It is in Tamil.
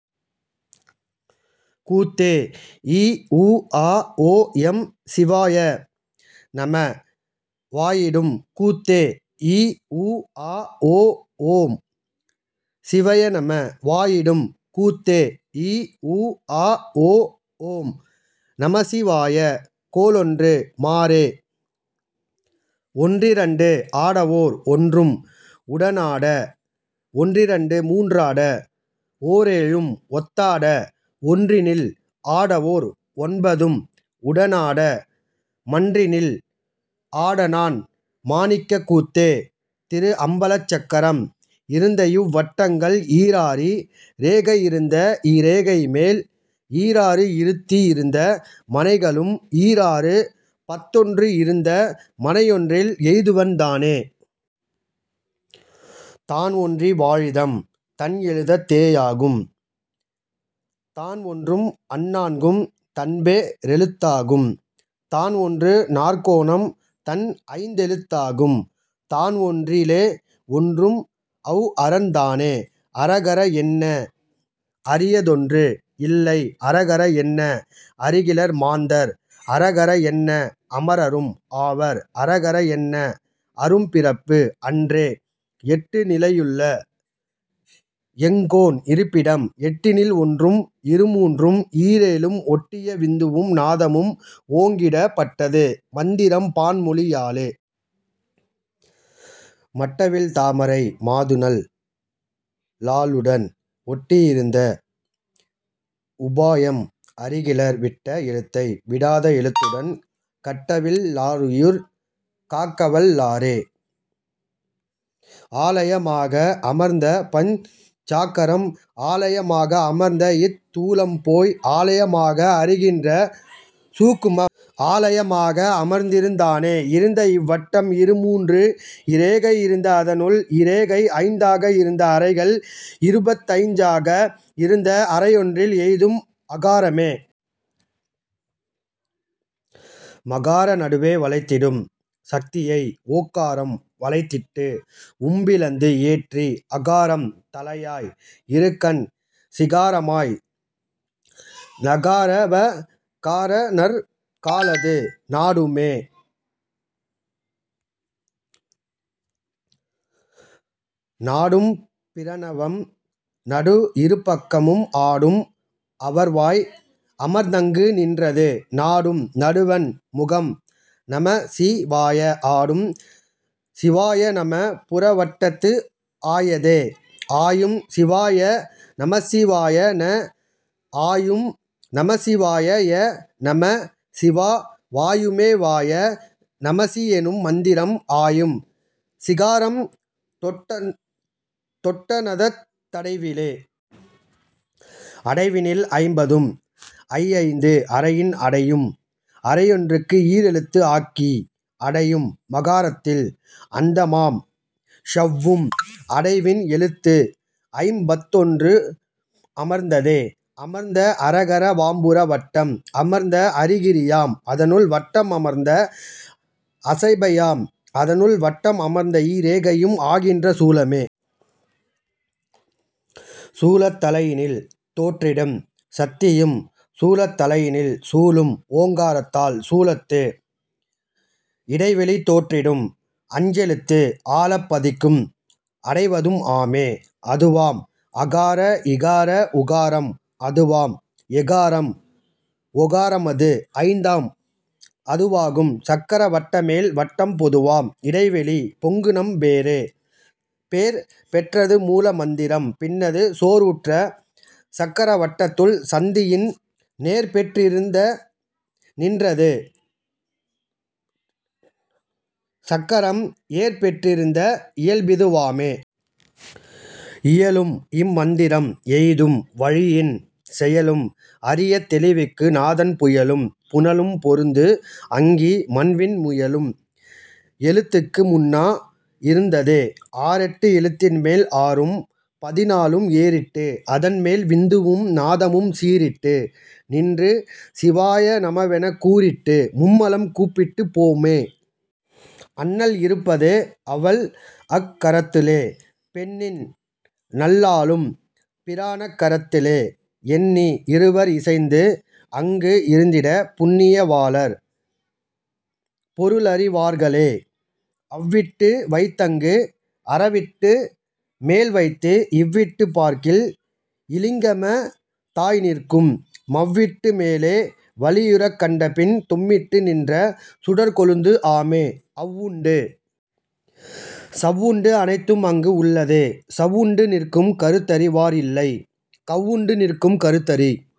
கூத்தே ஈஊஆஏஓம் சிவாய நம வாயிடும் கூத்தே ஈஊஆஏஓம் சிவயநம வாயிடும் கூத்தே இஊஆஏஓம் நமசிவாய கோளொன்று மாறே. ஒன்றிரண்டு ஆடவோர் ஒன்றும் உடனாட ஒன்றிரண்டு மூன்றாட ஓரேழும் ஒத்தாட ஒன்றினில் ஆடவோர் ஒன்பதும் உடனாட மன்றினில் ஆடனான் மாணிக்கக் கூத்தே.. திருஅம்பலச் சக்கரம் இருந்தஇவ் வட்டங்கள் ஈராறி ரேகை இருந்த இரேகைமேல் ஈராறு இருத்தி இருந்த மனைகளும் ஈராறு பத்தொன்று இருந்த மனையொன்றில் எய்துவன் தானே. தான்ஒன்றி வாழிடம் தன்எழுத் தேயாகும் தான்ஒன்றும் அந்நான்கும் தன்பே ரெழுத்தாகும் தான்ஒன்று நாற்கோணம் தன்ஐந் தெழுத்தாகும் தான்ஒன்றி லேஒன்றும் அவ்அரன் தானே. அரகர என்ன அரியதொன்று இல்லை அரகர என்ன அறிகிலர் மாந்தர் அரகர என்ன அமரரும் ஆவர் அரகர என்ன அறும்பிறப்பு அன்றே. எட்டு நிலையுள்ளஎங்கோன் இருப்பிடம் எட்டினில் ஒன்றும் இருமூன்றும் ஈரேழும் ஒட்டிய விந்துவும் நாதமும் ஓங்கிடப் பட்டது மந்திரம் பான்மொழி யாலே. மட்டவிழ் தாமரை மாதுநல் லாளுடன் ஒட்டி இருந்த உபாயம் அறிகிலர் விட்ட எழுத்தை விடாத எழுத்துடன் கட்டவில் லாருயிர் காக்கவல் லாரே. ஆலய மாக அமர்ந்தபஞ் சாக்கரம் ஆலய மாக அமர்ந்தஇத் தூலம்போய் ஆலய மாக அறிகின்ற சூக்குமம் ஆலய மாக அமர்ந்திருந் தானே. இருந்த இவ்வட்டம் இருமூன்றுஇ ரேகை இருந்த அதனுள் இரேகை ஐந்தாக இருந்த அறைகள் இருபத்துஐஞ் சாக இருந்த அறையொன்றில் எய்தும் அகாரமே. மகார நடுவே வளைத்திடும் சத்தியை ஓகாரம் வளைத்திட்டு உம்பிளந்து ஏற்றி அகாரம் தலையாய் இருகண் சிகாரமாய் நகார வகாரநற் காலது நாடுமே. நாடும் பிரணவம் நடுஇரு பக்கமும் ஆடும் அவர்வாய் அமர்ந்தங்கு நின்றது நாடும் நடுவண் முகம்நம சிவாய ஆடும் சிவாயநம புறவட்டத்து ஆயதே. ஆயும் சிவாய நமமசி வாயந ஆயும் நமசிவா யநம சிவா வாயுமே வாய நமசியெனும் மந்திரம் ஆயும் சிகாரம் தொட்டநதத் தடைவிலே. அடைவினில் ஐம்பதும் ஐஐந்து அறையின் அடையும் அறையொன்றுக்கு ஈரெழுத்து ஆக்கி அடையும் மகாரத்தில் அந்தமாம் க்ஷவ்வும் அடைவின் எழுத்துஐம் பத்தொன்றும் அமர்ந்ததே. அமர்ந்த அரகர வாம்புற வட்டம் அமர்ந்த அரிகரி யாம் அதனுள் வட்டம் அமர்ந்த அசபை யாம் அதனுள்வட்டம் அமர்ந்தஇ ரேகையும் ஆகின்ற சூலமே. சூலத் தலையினில் தோற்றிடும் சத்தியும் சூலத் தலையினில் சூழும்ஓங் காரத்தால் சூலத்து இடைவெளி தோற்றிடும் அஞ்செழுத்து ஆலப் பதிக்கும் அடைவதும் ஆமே. அதுவாம் அகார இகார உகாரம் அதுவாம் எகாரம் ஓகாரமது ஐந்தாம் அதுவாகும் சக்கர வட்டமேல் வட்டம் பொதுவாம் இடைவெளி பொங்குநம் பேரே. பேர்பெற் றதுமூல மந்திரம் பின்னது சோர்வுற்ற சக்கர வட்டத்துள் சந்தியின் நேர்பெற் றிருந்திட நின்றது சக்கரம் ஏர்பெற் றிருந்த இயல்பிது வாமே. இயலும் இம் மந்திரம் எய்தும் வழியின் செயலும் அறியத் தெளிவிக்கு நாதன் புயலும் புனலும் பொருந்துஅங்கி மண்விண் முயலும் எழுத்துக்கு முன்னா இருந்ததே. ஆறெட்டு எழுத்தின்மேல் ஆறும் பதினாலும் ஏறிட்டு அதன்மேல் விந்துவும் நாதமும் சீறிட்டு நின்று சிவாய நமவென்னக் கூறிட்டு மும்மலம் கூப்பிட்டுப் போமே. அண்ணல் இருப்பது அவள்அக் கரத்துளே பெண்ணின்நல் லாளும் பிரானக் கரத்துளே எண்ணி இருவர் இசைந்துஅங்கு இருந்திடப் புண்ணிய வாளர் பொருளறி வார்களே. அவ்விட்டு வைத்தங்கு அரவிட்டு மேல்வைத்து இவ்விட்டுப் பார்க்கில் இலிங்கம தாய்நிற்கும் மவ்விட்டு மேலே வளியுறக் கண்டபின் தொம்மிட்டு நின்ற சுடர்க்கொழுந்து ஆமே. அவ்வுண்டு சவ்வுண்டு அனைத்தும் அங்கு உள்ளது சவ்வுண்டு நிற்கும் கருத்தறி வார்இல்லை கவ்வுண்டு நிற்கும் கருத்தறி